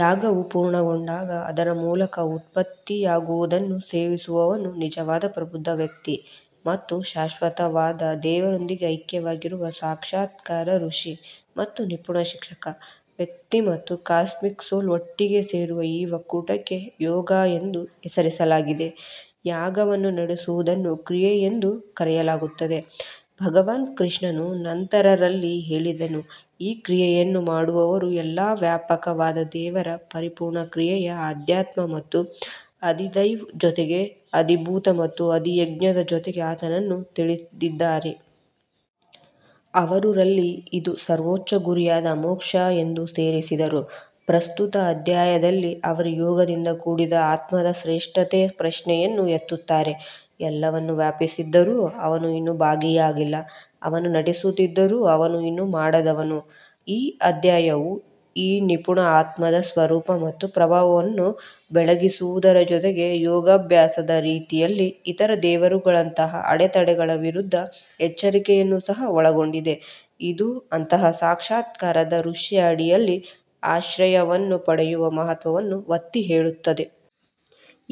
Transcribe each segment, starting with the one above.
ಯಾಗವು ಪೂರ್ಣಗೊಂಡಾಗ ಅದರ ಮೂಲಕ ಉತ್ಪತ್ತಿಯಾಗುವುದನ್ನು ಸೇವಿಸುವವನು ನಿಜವಾದ ಪ್ರಬುದ್ಧ ವ್ಯಕ್ತಿ ಮತ್ತು ಶಾಶ್ವತವಾದ ದೇವರೊಂದಿಗೆ ಐಕ್ಯವಾಗಿರುವ ಸಾಕ್ಷಾತ್ಕಾರ ಋಷಿ ಮತ್ತು ನಿಪುಣ ಶಿಕ್ಷಕ. ವ್ಯಕ್ತಿ ಮತ್ತು ಕಾಸ್ಮಿಕ್ ಸೋಲ್ ಒಟ್ಟಿಗೆ ಸೇರುವ ಈ ಒಕ್ಕೂಟಕ್ಕೆ ಯೋಗ ಎಂದು ಹೆಸರಿಸಲಾಗಿದೆ ಯಾಗವನ್ನು ನಡೆಸುವುದನ್ನು ಕ್ರಿಯೆ ಎಂದು ಕರೆಯಲಾಗುತ್ತದೆ ಭಗವಾನ್ ಕೃಷ್ಣನು ನಂತರ ರಲ್ಲಿ ಹೇಳಿದನು ಈ ಕ್ರಿಯೆಯನ್ನು ಮಾಡುವವರು ಎಲ್ಲಾ ವ್ಯಾಪಕವಾದ ದೇವರ ಪರಿಪೂರ್ಣ ಕ್ರಿಯೆಯ ಅಧ್ಯಾತ್ಮ ಮತ್ತು ಅಧಿದೈವ್ ಜೊತೆಗೆ ಅಧಿಭೂತ ಮತ್ತು ಅಧಿಯಜ್ಞದ ಜೊತೆಗೆ ಆತನನ್ನು ತಿಳಿದಿದ್ದಾರೆ. ಅವರು ರಲ್ಲಿ ಇದು ಸರ್ವೋಚ್ಚ ಗುರಿಯಾದ ಮೋಕ್ಷ ಎಂದು ಸೇರಿಸಿದರು ಪ್ರಸ್ತುತ ಅಧ್ಯಾಯದಲ್ಲಿ ಅವರು ಯೋಗದಿಂದ ಕೂಡಿದ ಆತ್ಮದ ಶ್ರೇಷ್ಠತೆಯ ಪ್ರಶ್ನೆಯನ್ನು ಎತ್ತುತ್ತಾರೆ. ಎಲ್ಲವನ್ನು ವ್ಯಾಪಿಸಿದ್ದರೂ ಅವನು ಇನ್ನೂ ಭಾಗಿಯಾಗಿಲ್ಲ ಅವನು ನಟಿಸುತ್ತಿದ್ದರೂ ಅವನು ಇನ್ನೂ ಮಾಡದವನು ಈ ಅಧ್ಯಾಯವು ಈ ನಿಪುಣ ಆತ್ಮದ ಸ್ವರೂಪ ಮತ್ತು ಪ್ರಭಾವವನ್ನು ಬೆಳಗಿಸುವುದರ ಜೊತೆಗೆ ಯೋಗಾಭ್ಯಾಸದ ರೀತಿಯಲ್ಲಿ ಇತರ ದೇವರುಗಳಂತಹ ಅಡೆತಡೆಗಳ ವಿರುದ್ಧ ಎಚ್ಚರಿಕೆಯನ್ನು ಸಹ ಒಳಗೊಂಡಿದೆ ಇದು ಅಂತಹ ಸಾಕ್ಷಾತ್ಕಾರದ ಋಷಿಯ ಅಡಿಯಲ್ಲಿ ಆಶ್ರಯವನ್ನು ಪಡೆಯುವ ಮಹತ್ವವನ್ನು ಒತ್ತಿಹೇಳುತ್ತದೆ.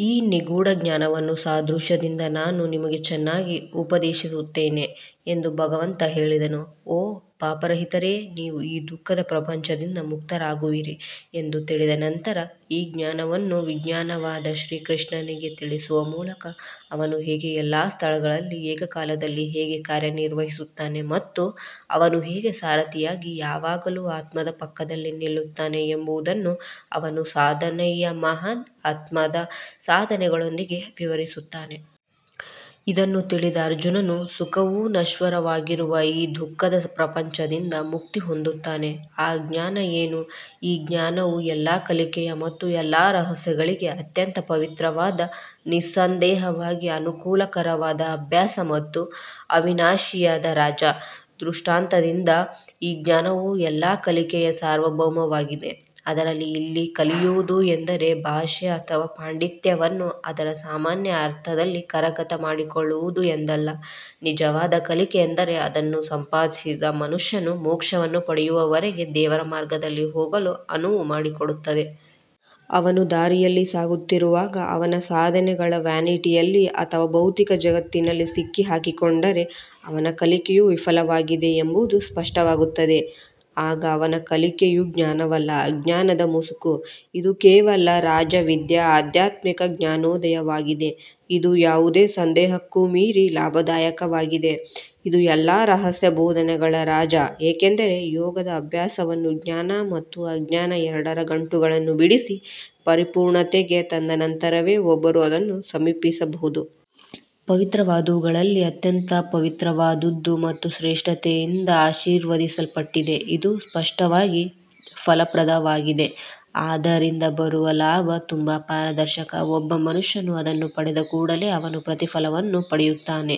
ಈ ನಿಗೂಢ ಜ್ಞಾನವನ್ನು ಸಾದೃಶ್ಯದಿಂದ ನಾನು ನಿಮಗೆ ಚೆನ್ನಾಗಿ ಉಪದೇಶಿಸುತ್ತೇನೆ ಎಂದು ಭಗವಂತ ಹೇಳಿದನು ಓ ಪಾಪರಹಿತರೇ ನೀವು ಈ ದುಃಖದ ಪ್ರಪಂಚದಿಂದ ಮುಕ್ತರಾಗುವಿರಿ ಎಂದು ತಿಳಿದ ನಂತರ ಈ ಜ್ಞಾನವನ್ನು ವಿಜ್ಞಾನವಾದ ಶ್ರೀಕೃಷ್ಣನಿಗೆ ತಿಳಿಸುವ ಮೂಲಕ ಅವನು ಹೇಗೆ ಎಲ್ಲಾ ಸ್ಥಳಗಳಲ್ಲಿ ಏಕಕಾಲದಲ್ಲಿ ಹೇಗೆ ಕಾರ್ಯನಿರ್ವಹಿಸುತ್ತಾನೆ ಮತ್ತು ಅವನು ಹೇಗೆ ಸಾರಥಿಯಾಗಿ ಯಾವಾಗಲೂ ಆತ್ಮದ ಪಕ್ಕದಲ್ಲಿ ನಿಲ್ಲುತ್ತಾನೆ ಎಂಬುದನ್ನು ಅವನು ಸಾಧನೆಯ ಮಹಾನ್ ಆತ್ಮದ ಸಾಧನೆಗಳೊಂದಿಗೆ ವಿವರಿಸುತ್ತಾನೆ. ಇದನ್ನು ತಿಳಿದ ಅರ್ಜುನನು ಸುಖವು ನಶ್ವರವಾಗಿರುವ ಈ ದುಃಖದ ಪ್ರಪಂಚದಿಂದ ಮುಕ್ತಿ ಹೊಂದುತ್ತಾನೆ ಆ ಜ್ಞಾನ ಏನು ಈ ಜ್ಞಾನವು ಎಲ್ಲಾ ಕಲಿಕೆಯ ಮತ್ತು ಎಲ್ಲಾ ರಹಸ್ಯಗಳಿಗೆ ಅತ್ಯಂತ ಪವಿತ್ರವಾದ ನಿಸ್ಸಂದೇಹವಾಗಿ ಅನುಕೂಲಕರವಾದ ಅಭ್ಯಾಸ ಮತ್ತು ಅವಿನಾಶಿಯಾದ ರಾಜ. ದೃಷ್ಟಾಂತದಿಂದ ಈ ಜ್ಞಾನವು ಎಲ್ಲಾ ಕಲಿಕೆಯ ಸಾರ್ವಭೌಮವಾಗಿದೆ ಆದರೆ ಇಲ್ಲಿ ಕಲಿಯುವುದು ಎಂದರೆ ಭಾಷೆ ಅಥವಾ ಪಾಂಡಿತ್ಯವನ್ನು ಅದರ ಸಾಮಾನ್ಯ ಅರ್ಥದಲ್ಲಿ ಕರಗತ ಮಾಡಿಕೊಳ್ಳುವುದು ಎಂದಲ್ಲ ನಿಜವಾದ ಕಲಿಕೆ ಎಂದರೆ ಅದನ್ನು ಸಂಪಾದಿಸಿದ ಮನುಷ್ಯನು ಮೋಕ್ಷವನ್ನು ಪಡೆಯುವವರೆಗೆ ದೇವರ ಮಾರ್ಗದಲ್ಲಿ ಹೋಗಲು ಅನುವು ಮಾಡಿಕೊಡುತ್ತದೆ. ಅವನು ದಾರಿಯಲ್ಲಿ ಸಾಗುತ್ತಿರುವಾಗ ಅವನ ಸಾಧನೆಗಳ ವ್ಯಾನಿಟಿಯಲ್ಲಿ ಅಥವಾ ಭೌತಿಕ ಜಗತ್ತಿನಲ್ಲಿ ಸಿಕ್ಕಿಹಾಕಿಕೊಂಡರೆ ಅವನ ಕಲಿಕೆಯು ವಿಫಲವಾಗಿದೆ ಎಂಬುದು ಸ್ಪಷ್ಟವಾಗುತ್ತದೆ. ಆಗ ಅವನ ಕಲಿಕೆಯು ಜ್ಞಾನವಲ್ಲ ಅಜ್ಞಾನದ ಮುಸುಕು ಇದು ಕೇವಲ ರಾಜವಿದ್ಯಾ ಆಧ್ಯಾತ್ಮಿಕ ಜ್ಞಾನೋದಯವಾಗಿದೆ ಇದು ಯಾವುದೇ ಸಂದೇಹಕ್ಕೂ ಮೀರಿ ಲಾಭದಾಯಕವಾಗಿದೆ ಇದು ಎಲ್ಲಾ ರಹಸ್ಯ ಬೋಧನೆಗಳ ರಾಜ ಏಕೆಂದರೆ ಯೋಗದ ಅಭ್ಯಾಸವನ್ನು ಜ್ಞಾನ ಮತ್ತು ಅಜ್ಞಾನ ಎರಡರ ಗಂಟುಗಳನ್ನು ಬಿಡಿಸಿ ಪರಿಪೂರ್ಣತೆಗೆ ತಂದ ನಂತರವೇ ಒಬ್ಬರು ಅದನ್ನು ಸಮೀಪಿಸಬಹುದು. ಪವಿತ್ರವಾದವುಗಳಲ್ಲಿ ಅತ್ಯಂತ ಪವಿತ್ರವಾದದ್ದು ಮತ್ತು ಶ್ರೇಷ್ಠತೆಯಿಂದ ಆಶೀರ್ವದಿಸಲ್ಪಟ್ಟಿದೆ ಇದು ಸ್ಪಷ್ಟವಾಗಿ ಫಲಪ್ರದವಾಗಿದೆ ಅದರಿಂದ ಬರುವ ಲಾಭ ತುಂಬಾ ಪಾರದರ್ಶಕ ಒಬ್ಬ ಮನುಷ್ಯನು ಅದನ್ನು ಪಡೆದ ಕೂಡಲೇ ಅವನು ಪ್ರತಿಫಲವನ್ನು ಪಡೆಯುತ್ತಾನೆ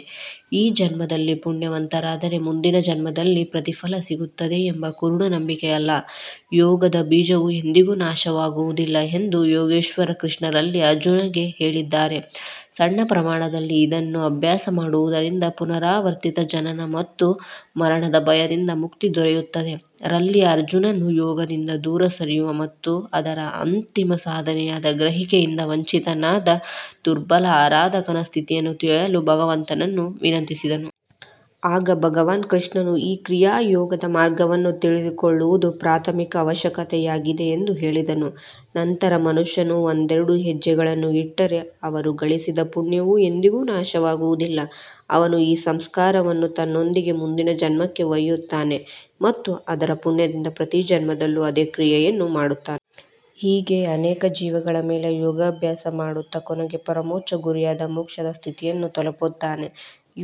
ಈ ಜನ್ಮದಲ್ಲಿ ಪುಣ್ಯವಂತರಾದರೆ ಮುಂದಿನ ಜನ್ಮದಲ್ಲಿ ಪ್ರತಿಫಲ ಸಿಗುತ್ತದೆ ಎಂಬ ಕುರುಡು ನಂಬಿಕೆಯಲ್ಲ ಯೋಗದ ಬೀಜವು ಎಂದಿಗೂ ನಾಶವಾಗುವುದಿಲ್ಲ ಎಂದು ಯೋಗೇಶ್ವರ ಕೃಷ್ಣ ರಲ್ಲಿ ಅರ್ಜುನ್ಗೆ ಹೇಳಿದ್ದಾರೆ ಸಣ್ಣ ಪ್ರಮಾಣದಲ್ಲಿ ಇದನ್ನು ಅಭ್ಯಾಸ ಮಾಡುವುದರಿಂದ ಪುನರಾವರ್ತಿತ ಜನನ ಮತ್ತು ಮರಣದ ಭಯದಿಂದ ಮುಕ್ತಿ ದೊರೆಯುತ್ತದೆ ರಲ್ಲಿ ಅರ್ಜುನನು ಯೋಗದಿಂದ ದೂರ ಸರಿಯುವ ಮತ್ತು ಅದರ ಅಂತಿಮ ಸಾಧನೆಯಾದ ಗ್ರಹಿಕೆಯಿಂದ ವಂಚಿತನಾದ ದುರ್ಬಲ ಆರಾಧಕನ ಸ್ಥಿತಿಯನ್ನು ತಿಳಿಸಲು ಭಗವಂತನನ್ನು ವಿನಂತಿಸಿದನು. ಆಗ ಭಗವಾನ್ ಕೃಷ್ಣನು ಈ ಕ್ರಿಯಾ ಯೋಗದ ಮಾರ್ಗವನ್ನು ತಿಳಿದುಕೊಳ್ಳುವುದು ಪ್ರಾಥಮಿಕ ಅವಶ್ಯಕತೆಯಾಗಿದೆ ಎಂದು ಹೇಳಿದನು ನಂತರ ಮನುಷ್ಯನು ಒಂದೆರಡು ಹೆಜ್ಜೆಗಳನ್ನು ಇಟ್ಟರೆ ಅವರು ಗಳಿಸಿದ ಪುಣ್ಯವು ಎಂದಿಗೂ ನಾಶವಾಗುವುದಿಲ್ಲ. ಅವನು ಈ ಸಂಸ್ಕಾರವನ್ನು ತನ್ನೊಂದಿಗೆ ಮುಂದಿನ ಜನ್ಮಕ್ಕೆ ಒಯ್ಯುತ್ತಾನೆ ಮತ್ತು ಅದರ ಪುಣ್ಯದಿಂದ ಪ್ರತಿ ಜನ್ಮದಲ್ಲೂ ಅದೇ ಕ್ರಿಯೆಯನ್ನು ಮಾಡುತ್ತಾನೆ. ಹೀಗೆ ಅನೇಕ ಜೀವಗಳ ಮೇಲೆ ಯೋಗಾಭ್ಯಾಸ ಮಾಡುತ್ತಾ ಕೊನೆಗೆ ಪರಮೋಚ್ಚ ಗುರಿಯಾದ ಮೋಕ್ಷದ ಸ್ಥಿತಿಯನ್ನು ತಲುಪುತ್ತಾನೆ.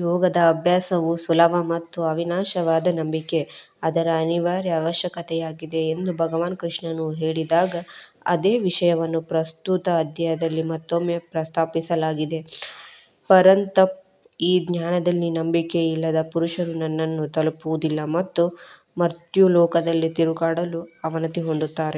ಯೋಗದ ಅಭ್ಯಾಸವು ಸುಲಭ ಮತ್ತು ಅವಿನಾಶವಾದ ನಂಬಿಕೆ ಅದರ ಅನಿವಾರ್ಯ ಅವಶ್ಯಕತೆಯಾಗಿದೆ ಎಂದು ಭಗವಾನ್ ಕೃಷ್ಣನು ಹೇಳಿದಾಗ ಅದೇ ವಿಷಯವನ್ನು ಪ್ರಸ್ತುತ ಅಧ್ಯಾಯದಲ್ಲಿ ಮತ್ತೊಮ್ಮೆ ಪ್ರಸ್ತಾಪಿಸಲಾಗಿದೆ. ಪರಂತಪ್ ಈ ಜ್ಞಾನದಲ್ಲಿ ನಂಬಿಕೆಯಿಲ್ಲದ ಪುರುಷರು ನನ್ನನ್ನು ತಲುಪುವುದಿಲ್ಲ ಮತ್ತು ಮರ್ತ್ಯಲೋಕದಲ್ಲಿ ತಿರುಗಾಡಲು ಅವನತಿ ಹೊಂದುತ್ತಾರೆ.